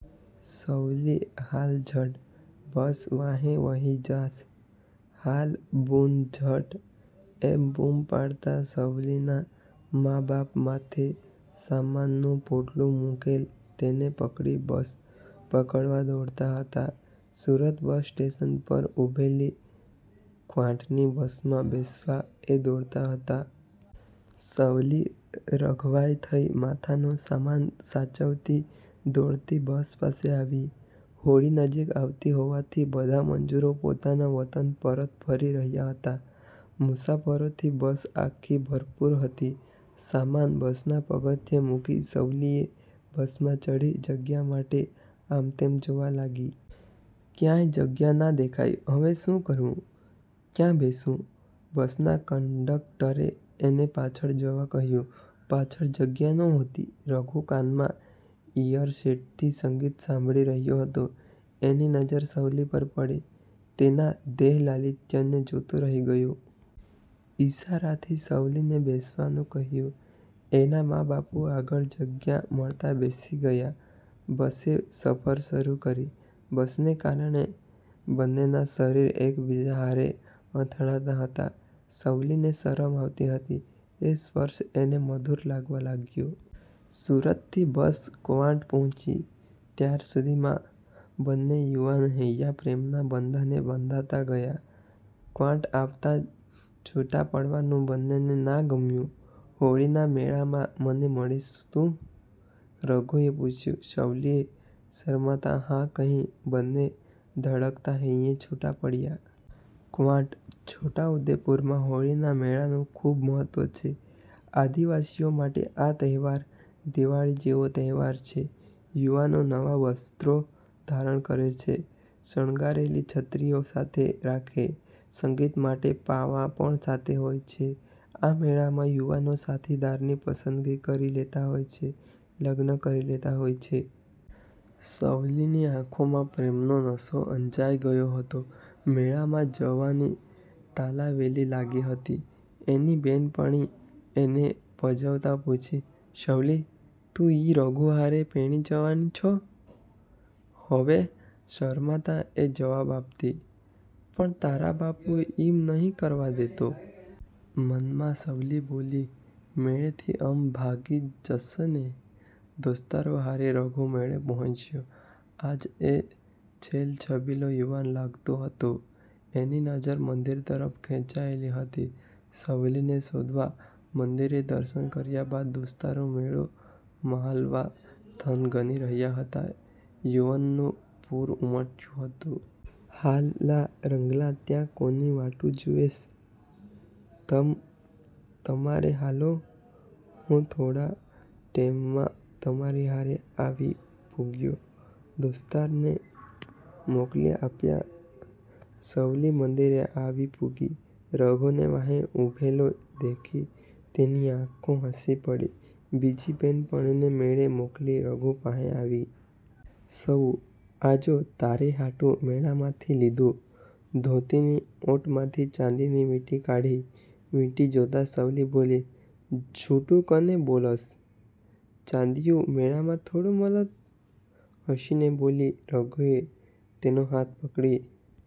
"સવલી હાલ ઝટ, બસ વાંહે વહી જાશ, હાલ બુન ઝટ," એમ બૂમ પાડતાં સવલીના મા-બાપ માથે સામાનનું પોટલું મૂકેલ તેને પકડી બસ પકડવા દોડતા હતા. સુરત બસ સ્ટેશન પર ઊભેલી કવાંટની બસમાં બેસવા એ દોડતા હતા. સવલી રઘવાઈ થઈ માથાનો સામાન સાચવતી દોડતી બસ પાસે આવી. હોળી નજીક આવતી હોવાથી બધા મજૂરો પોતાના વતન પરત ફરી રહ્યા હતા. મુસાફરોથી બસ આખી ભરપૂર હતી. સામાન બસના પગથિયે મૂકી સવલી એ બસમાં ચઢી, જગ્યા માટે આમતેમ જોવા લાગી. ક્યાંય જગા ના દેખાઈ. હવે શું કરવું? ક્યાં બેસવું? બસના કંડકટરે એને પાછળ જવા કહ્યું. પાછળ જગ્યા નહોતી. રઘુ કાનમાં ઈઅરસેટથી સંગીત સાંભળી રહ્યો હતો, એની નજર સવલી પર પડી. તેના દેહલાલિત્યને જોતો રહી ગયો. ઈશારાથી સવલીને બેસવાનું કહ્યું. એના મા-બાપુ આગળ જગ્યા મળતા બેસી ગયા. બસે સફર શરૂ કરી. બસને કારણે બંનેના શરીર એકબીજા હારે અથડાતાં હતા. સવલીને શરમ આવતી હતી. એ સ્પર્શ એને મધુર લાગવા લાગ્યો. સુરતથી બસ કવાંટ પહોંચી, ત્યાર સુધીમાં બંને યુવાન હૈયા પ્રેમના બંધને બંધાતા ગયા. કવાંટ આવતાં છૂટા પડવાનું બંનેને ના ગમ્યું. "હોળીના મેળામાં મને મળીશ તું?" રઘુએ પૂછ્યું. સવલીએ શરમાતા "હા" કહી! બંને ધડકતા હૈયે છૂટા પડ્યા. કવાંટ-છોટાઉદેપુરમાં હોળીના મેળાનું ખૂબ મહત્વ છે. આદિવાસીઓ માટે આ તહેવાર દિવાળી જેવો તહેવાર છે. યુવાનો નવા વસ્ત્રો ધારણ કરે છે, શણગારેલી છત્રીઓ સાથે રાખે, સંગીત માટે પાવા પણ સાથે હોય છે. આ મેળામાં યુવાનો સાથીદારની પસંદગી કરી લેતા હોય છે, લગ્ન કરી લેતા હોય છે. સવલીની આંખોમાં પ્રેમનો નશો અંજાય ગયો હતો, મેળામાં જવાની તાલાવેલી લાગી હતી. એની બે'નપણી એને પજવતાં પૂછતી, "સવલી તું ઈ રઘુ હારે પૈણી જવાની છો?" "હોવે" શરમાતાં એ જવાબ આપતી. "પણ તારા બાપુ ઈમ નહીં કરવા દેતો?" મનમાં સવલી બોલી,"મેળેથી અમ ભાગી જશેને" દોસ્તારો હારે રઘુ મેળે પહોંચ્યો. આજ એ છેલછબીલો યુવાન લાગતો હતો. એની નજર મંદિર તરફ ખેંચાયેલી હતી, સવલીને શોધવા. મંદિરે દર્શન કર્યા બાદ, દોસ્તારો મેળો મહાલવા થનગની રહ્યા હતા, યૌવનનું પૂર ઉમટ્યું હતું. "હાલ-લા રંગલા, ત્યાં કોની વાટુ જુવેશ?" "તમ તમારે હાલો, હું થોડા ટેમમાં તમારી હારે આવી પૂગ્યો." દોસ્તારને મોકલી આપ્યા. સવલી મંદિરે આવી પૂગી. રઘુને વાંહે ઊભેલો દેખી તેની આંખો હસી પડી. બીજી બે'નપણીને મેળે મોકલી રઘુ પાંહે આવી. "સવુ આ જો, તારે હાટુ મેળામાંથી લીધું." ધોતીની ઓટમાંથી ચાંદીની વીંટી કાઢી. વીંટી જોતાં સવલી બોલી, "જુઠુ કને બોલશ? ચાંદીયુ મેળામાં થોડું મલત?" હસીને બોલી. રઘુએ તેનો હાથ પકડી